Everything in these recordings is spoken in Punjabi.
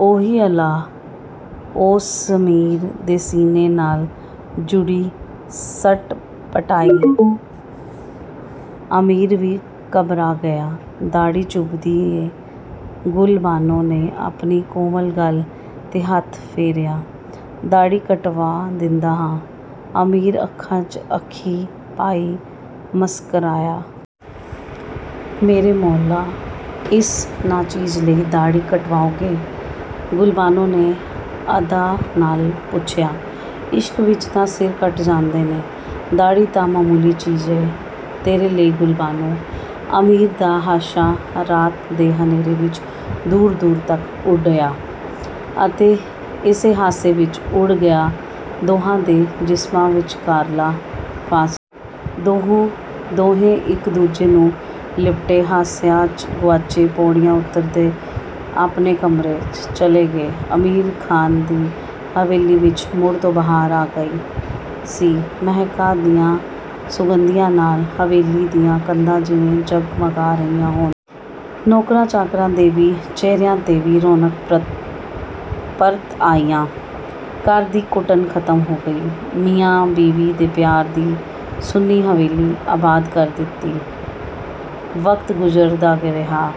"ਊਹੀ ਅੱਲਾਹ"…. ਉਹ ਸਮੀਰ ਦੇ ਸੀਨੇ ਨਾਲ ਜੁੜੀ ਸਟਪਟਾਈ। ਅਮੀਰ ਵੀ ਘਬਰਾ ਗਿਆ। "ਦਾੜ੍ਹੀ ਚੁੱਭਦੀ ਏਂ "ਗੁਲਬਾਨੋ ਨੇ ਆਪਨੀ ਕੋਮਲ ਗਲ 'ਤੇ ਹੱਥ ਫੇਰਿਆ। "ਦਾੜ੍ਹੀ ਕਟਵਾਂ ਦਿੰਦਾਂ ਹਾਂ "ਅਮੀਰ ਅੱਖਾਂ, ਚ' ਅੱਖੀ ਪਾਈ ਮਸਕਰਾਇਆ। "ਮੇਰੇ ਮੌਲ੍ਹਾ.. ਇਸ ਨਾਚੀਜ਼ ਲਈ ਦਾੜ੍ਹੀ ਕਟਵਾਓਗੇ "…! ਗੁਲਬਾਨੋ ਨੇ ਅਦਾ ਨਾਲ ਪੁੱਛਿਆ। "ਇਸ਼ਕ ਵਿੱਚ ਤਾਂ ਸਿਰ ਕੱਟ ਜਾਂਦੇ ਨੇ, ਦਾੜ੍ਹੀ ਤਾਂ ਮਾਮੂਲੀ ਚੀਜ਼ ਏਂ ਤੇਰੇ ਲਈ ਗੁਲਬਾਨੋ "ਅਮੀਰ ਦਾ ਹਾਸ਼ਾ ਰਾਤ ਦੇ ਹਨੇਰੇ ਵਿੱਚ ਦੂਰ ਦੂਰ ਤੱਕ ਉਡਿਆ, ਅਤੇ ਇਸੇ ਹਾਸੇ ਵਿੱਚ ਉਡ ਗਿਆ ਦੋਹਾਂ ਦੇ ਜਿਸਮਾਂ ਵਿੱਚਕਾਰਲਾਂ ਫਾਸਲਾ। ਦੋਹੇਂ ਇੱਕ-ਦੂਜੇ ਨੂੰ ਲਿਪਟੇ, ਹਾਸਿਆ, ਚ' ਗੁਆਚੇ ਪੌੜੀਆਂ ਉਤਰਦੇ ਆਪਣੇ ਕਮਰੇ, ਚ' ਚਲੇ ਗਏ। ਅਮੀਰ ਖਾਨ ਦੀ ਹਵੇਲੀ ਵਿੱਚ ਮੁੜ ਤੋਂ ਬਹਾਰ ਆ ਗਈ ਸੀ। ਮਹਿਕਾਂ ਦੀਆ ਸੁਗੰਧੀਆਂ ਨਾਲ ਹਵੇਲੀ ਦੀਆ ਕੰਧਾਂ ਜਿਵੇਂ ਜਗ-ਮਗਾ ਰਹੀਆ ਹੋਣ। ਨੌਕਰਾਂ ਚਾਕਰਾਂ ਦੇ ਵੀ ਚਿਹਰਿਆਂ 'ਤੇ ਵੀ ਰੌਣਕ ਪਰਤ ਆਈਆ। ਘਰ ਦੀ ਘੁੱਟਣ ਖਤਮ ਹੋ ਗਈ। ਮੀਆਂ-ਬੀਵੀ ਦੇ ਪਿਆਰ ਦੀ ਸੁੰਨੀ ਹਵੇਲੀ ਆਬਾਦ ਕਰ ਦਿਤੀ ਵਕਤ ਗੁਜ਼ਰਦਾ ਰਿਹਾ।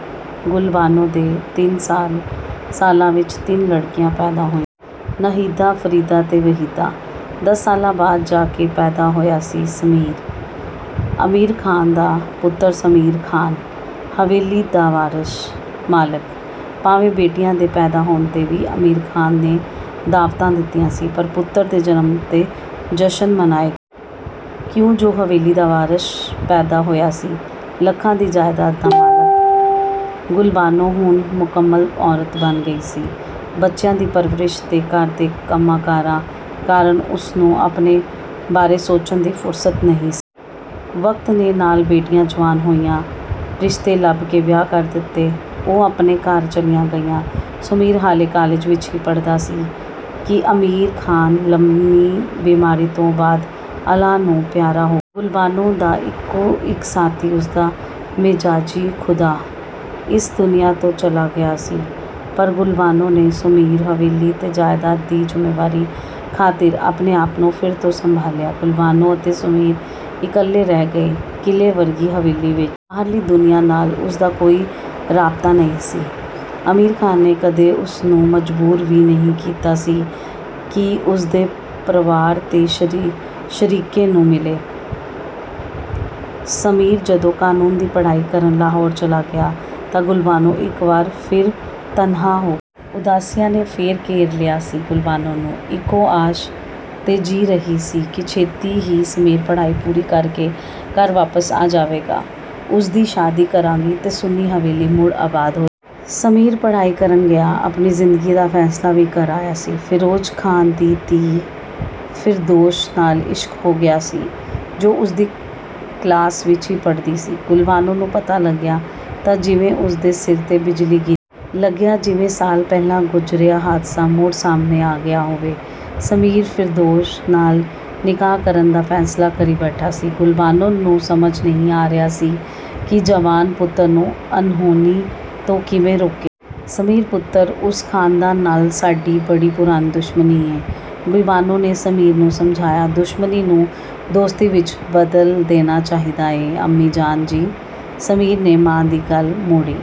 ਗੁਲਬਾਨੋ ਦੇ ਤਿੰਨ ਸਾਲਾਂ ਵਿੱਚ ਤਿੰਨ ਲੜਕੀਆਂ ਪੈਦਾ ਹੋਈਆ। ਨਹੀਦਾ, ਫਰੀਦਾ ਤੇ ਵਹੀਦਾ। ਦਸ ਸਾਲਾਂ ਬਾਅਦ ਜਾ ਕੇ ਪੈਦਾ ਹੋਇਆ ਸੀ ਸਮੀਰ। ਅਮੀਰ ਖਾਨ ਦਾ ਪੁੱਤਰ ਸਮੀਰ ਖਾਨ। ਹਵੇਲੀ ਦਾ ਵਾਰਿਸ਼, ਮਾਲਿਕ। ਭਾਵੇਂ ਬੇਟੀਆ ਦੇ ਪੈਦਾ ਹੋਣ 'ਤੇ ਵੀ ਅਮੀਰ ਖਾਨ ਨੇ ਦਾਅਵਤਾਂ ਦਿੱਤੀਆ ਸੀ, ਪਰ ਪੁੱਤਰ ਦੇ ਜਨਮ ਉਤੇ ਜਸ਼ਨ ਮਨਾਏ ਗਏ। ਕਿਉ ਜੋ ਹਵੇਲੀ ਦਾ ਵਾਰਿਸ਼ ਪੈਦਾ ਹੋਇਆ ਸੀ। ਲੱਖਾਂ ਦੀ ਜਾਇਦਾਤ ਦਾ.. ਮਾਲਕ। ਗੁਲਬਾਨੋ ਹੁਣ ਮੁਕੰਮਲ ਔਰਤ ਬਣ ਗਈ ਸੀ। ਬੱਚਿਆਂ ਦੀ ਪਰਵਰਿਸ਼ ਤੇ ਘਰ ਦੇ ਕੰਮਾਂਕਾਰਾ ਕਾਰਨ ਉਸਨੂੰ ਆਪਣੇ ਬਾਰੇ ਸੋਚਣ ਦੀ ਫੁਰਸ਼ਤ ਨਹੀ ਸੀ। ਵਕਤ ਦੇ ਨਾਲ ਬੇਟੀਆ ਜੁਆਨ ਹੋਈਆ, ਰਿਸ਼ਤੇ ਲੱਭਕੇ ਵਿਆਹ ਕਰ ਦਿਤੇ। ਉਹ ਆਪਣੇ ਘਰ ਚਲੀਆ ਗਈਆ। ਸੁਮੀਰ ਹਾਲੇ ਕਾਲਿਜ ਵਿੱਚ ਹੀ ਪੜ੍ਹਦਾ ਸੀ ਕਿ ਅਮੀਰ ਖਾਨ ਲੰਮੀ ਬਿਮਾਰੀ ਤੋਂ ਬਾਅਦ ਅੱਲਾਹ ਨੂੰ ਪਿਆਰਾ ਹੋ । ਗੁਲਬਾਨੋ ਦਾ ਇੱਕੋ-ਇੱਕ ਸਾਥੀ ਉਸਦਾ "ਮਿਜ਼ਾਜੀ ਖੁਦਾ"ਇਸ ਦੁਨੀਆ ਤੋਂ ਚਲਾ ਗਿਆ ਸੀ। ਪਰ ਗੁਲਬਾਨੋ ਨੇ ਸੁਮੀਰ, ਹਵੇਲੀ ਤੇ ਜਾਇਦਾਤ ਦੀ ਜੁੰਮੇਂਵਾਰੀ ਖਾਤਿਰ ਆਪਣੇ ਆਪ ਨੂੰ ਫਿਰ ਤੋਂ ਸੰਭਾਲਿਆਂ। ਗੁਲਬਾਨੋ ਅਤੇ ਸੁਮੀਰ ਇੱਕਲੇ ਰਹਿ ਗਏ ਕਿਲ੍ਹੇ ਵਰਗੀ ਹਵੇਲੀ ਵਿੱਚ। ਬਾਹਰਲੀ ਦੁਨੀਆਂ ਨਾਲ ਉਸਦਾ ਕੋਈ ਰਾਬਤਾ ਨਹੀ ਸੀ। ਅਮੀਰ ਖਾਨ ਨੇ ਕਦੇ ਉਸਨੂੰ ਮਜਬੂਰ ਵੀ ਨਹੀ ਕੀਤਾ ਸੀ ਕਿ ੳਸਦੇ ਪ੍ਰਵਾਰ ਤੇ ਸ਼ਰੀਕੇ ਨੂੰ ਮਿਲੇ। ਸਮੀਰ ਜਦੋ ਕਾਨੂੰਨ ਦੀ ਪੜ੍ਹਾਈ ਕਰਨ ਲਾਹੌਰ ਚਲਾ ਗਿਆ ਤਾਂ ਗੁਲਬਾਨੋ ਇਕ ਵਾਰ ਫਿਰ ਤਨਹਾ ਹੋ । ਉਦਾਸੀਆਂ ਨੇ ਫੇਰ ਘੇਰ ਲਿਆ ਸੀ ਗੁਲਬਾਨੋ ਨੂੰ। ਇਕੋ ਆਸ਼ ਤੇ ਜੀਅ ਰਹੀ ਸੀ ਕਿ ਛੇਤੀ ਹੀ ਸਮੀਰ ਪੜ੍ਹਾਈ ਪੂਰੀ ਕਰਕੇ ਘਰ ਵਾਪਸ ਆ ਜਾਵੇਗਾ। ਉਸਦੀ ਸ਼ਾਦੀ ਕਰਾਗੀ ਤੇ ਸੁੰਨੀ ਹਵੇਲੀ ਮੁੜ ਆਬਾਦ ਹੋ। ਸਮੀਰ ਪੜ੍ਹਾਈ ਕਰਨ ਗਿਆ, ਆਪਣੀ ਜ਼ਿੰਦਗੀ ਦਾ ਫੈਸਲਾ ਵੀ ਕਰ ਆਇਆ ਸੀ। "ਫਿਰੋਜ ਖਾਨ"ਦੀ ਧੀ ਫਿਰਦੋਸ਼ ਨਾਲ ਇਸ਼ਕ ਹੋ ਗਿਆ ਸੀ, ਜੋ ਉਸਦੀ ਕਲਾਸ ਵਿੱਚ ਹੀ ਪੜ੍ਹਦੀ ਸੀ। ਗੁਲਬਾਨੋ ਨੂੰ ਪਤਾ ਲੱਗਿਆ ਤਾਂ ਜਿਵੇ ਉਸਦੇ ਸਿਰ ਤੇ ਬਿਜਲੀ ਗਿਰੀ। ਲੱਗਿਆ ਜਿਵੇਂ ਸਾਲ ਪਹਿਲਾਂ ਗੁਜ਼ਰਿਆਂ ਹਾਦਸਾ ਮੁੜ ਸਾਹਮਣੇ ਆ ਗਿਆ ਹੋਵੇ। ਸਮੀਰ, ਫਿਰਦੌਸ਼ ਨਾਲ ਨਿਕਾਹ ਕਰਨ ਦਾ ਫੈਸਲਾ ਕਰੀ ਬੈਠਾ ਸੀ। ਗੁਲਬਾਨੋ ਨੂੰ ਸਮਝ ਨਹੀ ਆ ਰਿਹਾ ਸੀ ਕਿ ਜਵਾਨ ਪੁੱਤਰ ਨੂੰ ਅਣਹੋਣੀ ਤੋਂ ਕਿਵੇ ਰੋਕੇ। "ਸਮੀਰ ਪੁੱਤਰ…. ਉਸ ਖਾਨਦਾਨ ਨਾਲ ਸਾਡੀ ਬੜੀ ਪੁਰਾਣੀ ਦੁਸ਼ਮਣੀ ਏਂ "….. ਗੁਲਬਾਨੋ ਨੇ ਸਮੀਰ ਨੂੰ ਸਮਝਾਇਆ। "ਦੁਸ਼ਮਣੀ ਨੂੰ ਦੋਸਤੀ ਵਿੱਚ ਬਦਲ ਦੇਣਾ ਚਾਹੀਦਾ ਏ ਅੰਮੀ-ਜਾਨ ਜੀ "…. ਸਮੀਰ ਨੇ ਮਾਂ ਦੀ ਗੱਲ ਮੋੜੀ।